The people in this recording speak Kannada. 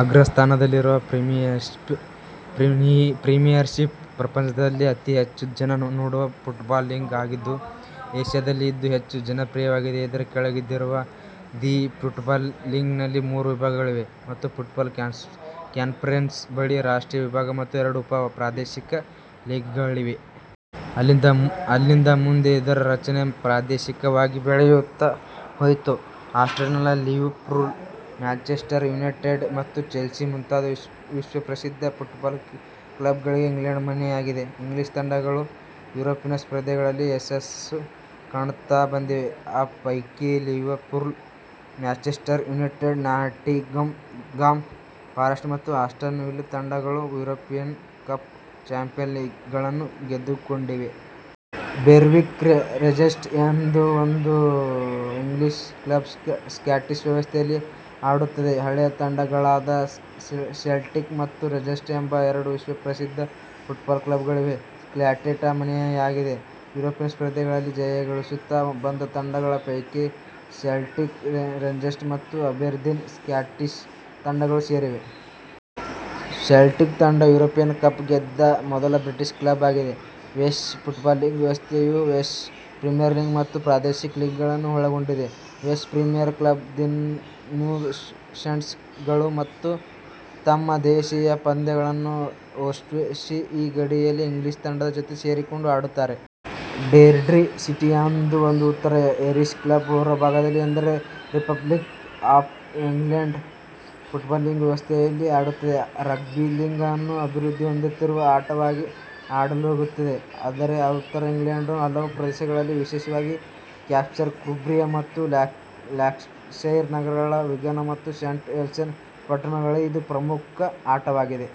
ಅಗ್ರ ಸ್ಥಾನದಲ್ಲಿರುವ ಪ್ರೀಮಿಯರ್ಷಿಪ್ ಪ್ರಪಂಚದಲ್ಲೇ ಅತಿ ಹೆಚ್ಚು ಜನ ನೋಡುವ ಫುಟ್ಬಾಲ್ ಲೀಗ್ ಆಗಿದ್ದು, ಏಷ್ಯಾ ದಲ್ಲಿ ಇದು ಹೆಚ್ಚು ಜನಪ್ರಿಯವಾಗಿದೆ. ಇದರ ಕೆಳಗಿರುವ ದಿ ಫುಟ್ಬಾಲ್ ಲೀಗ್ ನಲ್ಲಿ ಮೂರು ವಿಭಾಗಗಳಿವೆ ಮತ್ತು ಫುಟ್ಬಾಲ್ ಕಾನ್ಫರೆನ್ಸ್ ಬಳಿ ರಾಷ್ಟ್ರೀಯ ವಿಭಾಗ ಮತ್ತು ಎರಡು ಉಪ ಪ್ರಾದೇಶಿಕ ಲೀಗ್ಗಳಿವೆ. ಅಲ್ಲಿಂದ ಮುಂದೆ ಇದರ ರಚನೆ ಪ್ರಾದೇಶಿಕವಾಗಿ ಬೆಳೆಯುತ್ತಾ ಹೋಯಿತು. ಆರ್ಸೆನಲ್, ಲಿವರ್ಪೂಲ್, ಮ್ಯಾಂಚೆಸ್ಟರ್ ಯುನೈಟೆಡ್ ಮತ್ತು ಚೆಲ್ಸೀ ಮುಂತಾದ ವಿಶ್ವಪ್ರಸಿದ್ಧ ಫುಟ್ಬಾಲ್ ಕ್ಲಬ್ಗಳಿಗೆ ಇಂಗ್ಲೆಂಡ್ ಮನೆಯಾಗಿದೆ. ಇಂಗ್ಲೀಷ್ ತಂಡಗಳು ಯುರೋಪಿನ ಸ್ಪರ್ಧೆಗಳಲ್ಲಿ ಯಶಸ್ಸು ಕಾಣುತ್ತಾ ಬಂದಿವೆ, ಆ ಪೈಕಿ Liverpool, Manchester United, Nottingham Forest ಮತ್ತು ಆಸ್ಟನ್ ವಿಲ್ಲ ತಂಡಗಳು ಯುರೋಪಿಯನ್ ಕಪ್/ ಚಾಂಪಿಯನ್ ಲೀಗ್ ಗಳನ್ನು ಗೆದ್ದುಕೊಂಡಿವೆ. ಬೆರ್ವಿಕ್ ರೇಂಜರ್ಸ್ ಎಂಬ ಒಂದು ಇಂಗ್ಲೀಷ್ ಕ್ಲಬ್ ಸ್ಕಾಟಿಷ್ ವ್ಯವಸ್ಥೆಯಲ್ಲಿ ಆಡುತ್ತದೆ. ಹಳೆಯ ತಂಡ ಗಳಾದ ಸೆಲ್ಟಿಕ್ ಮತ್ತು ರೇಂಜರ್ಸ್ ಎಂಬ ಎರಡು ವಿಶ್ವಪ್ರಸಿದ್ಧ ಫುಟ್ಬಾಲ್ ಕ್ಲಬ್ಗಳಿಗೆ ಸ್ಕಾಟ್ಲೆಂಡ್ ಮನೆಯಾಗಿದೆ. ಯೂರೋಪಿಯನ್ ಸ್ಪರ್ಧೆಗಳಲ್ಲಿ ಜಯಗಳಿಸುತ್ತಾ ಬಂದ ತಂಡಗಳ ಪೈಕಿ ಸೆಲ್ಟಿಕ್, ರೇಂಜರ್ಸ್ ಮತ್ತು ಅಬೆರ್ದೀನ್ ಸ್ಕಾಟಿಷ್ ತಂಡಗಳು ಸೇರಿವೆ. ಸೆಲ್ಟಿಕ್ ತಂಡ ಯುರೋಪಿಯನ್ ಕಪ್ ಗೆದ್ದ ಮೊದಲ ಬ್ರಿಟೀಷ್ ಕ್ಲಬ್ ಆಗಿದೆ. ವೆಲ್ಶ್ ಫುಟ್ಬಾಲ್ ಲೀಗ್ ವ್ಯವಸ್ಥೆ ಯು, ವೆಲ್ಶ್ ಪ್ರೀಮಿಯರ್ ಲೀಗ್ ಮತ್ತು ಪ್ರಾದೇಶಿಕ ಲೀಗ್ಗಳನ್ನು ಒಳಗೊಂಡಿದೆ. ವೆಲ್ಶ್ ಪ್ರೀಮಿಯರ್ ಕ್ಲಬ್ನ, ದಿ ನ್ಯೂ ಸೇಂಟ್ಸ್ ಗಳು ತಮ್ಮ ದೇಶೀಯ ಪಂದ್ಯಗಳನ್ನು ಓಸ್ವೆಸ್ಟ್ರಿ ಯ ಗಡಿಯಲ್ಲಿ ಇಂಗ್ಲೀಷ್ ತಂಡದ ಜೊತೆ ಸೇರಿಕೊಂಡು ಆಡುತ್ತಾರೆ. ಡೆರ್ರಿ ಸಿಟಿ ಎಂಬ ಒಂದು ಉತ್ತರ ಐರಿಷ್ ಕ್ಲಬ್ ಹೊರಭಾಗದಲ್ಲಿ ಅಂದರೆ republic of Ireland football league ವ್ಯವಸ್ಥೆ ಯಲ್ಲಿ ಆಡುತ್ತದೆ. ರಗ್ಬಿ ಲೀಗ್ ಅನ್ನು ಅಭಿವೃದ್ಧಿ ಹೊಂದುತ್ತಿರುವ ಆಟವಾಗಿ ಆಡಲಾಗುತ್ತಿದೆ. ಆದರೆ ಉತ್ತರ ಇಂಗ್ಲೆಂಡ್ನ ಹಲವು ಪ್ರದೇಶಗಳಲ್ಲಿ ವಿಶೇಷವಾಗಿ ಯಾರ್ಕ್ಷೈರ್, ಕುಂಬ್ರಿಯ ಮತ್ತು ಲ್ಯಾಂಕಷೈರ್ ನಗರಗಳ ವಿಗನ್ ಮತ್ತು ಸೇಂಟ್ ಹೆಲೆನ್ಸ್ ಪಟ್ಟಣಗಳಲ್ಲಿ ಇದು ಪ್ರಮುಖ ಆಟವಾಗಿದೆ.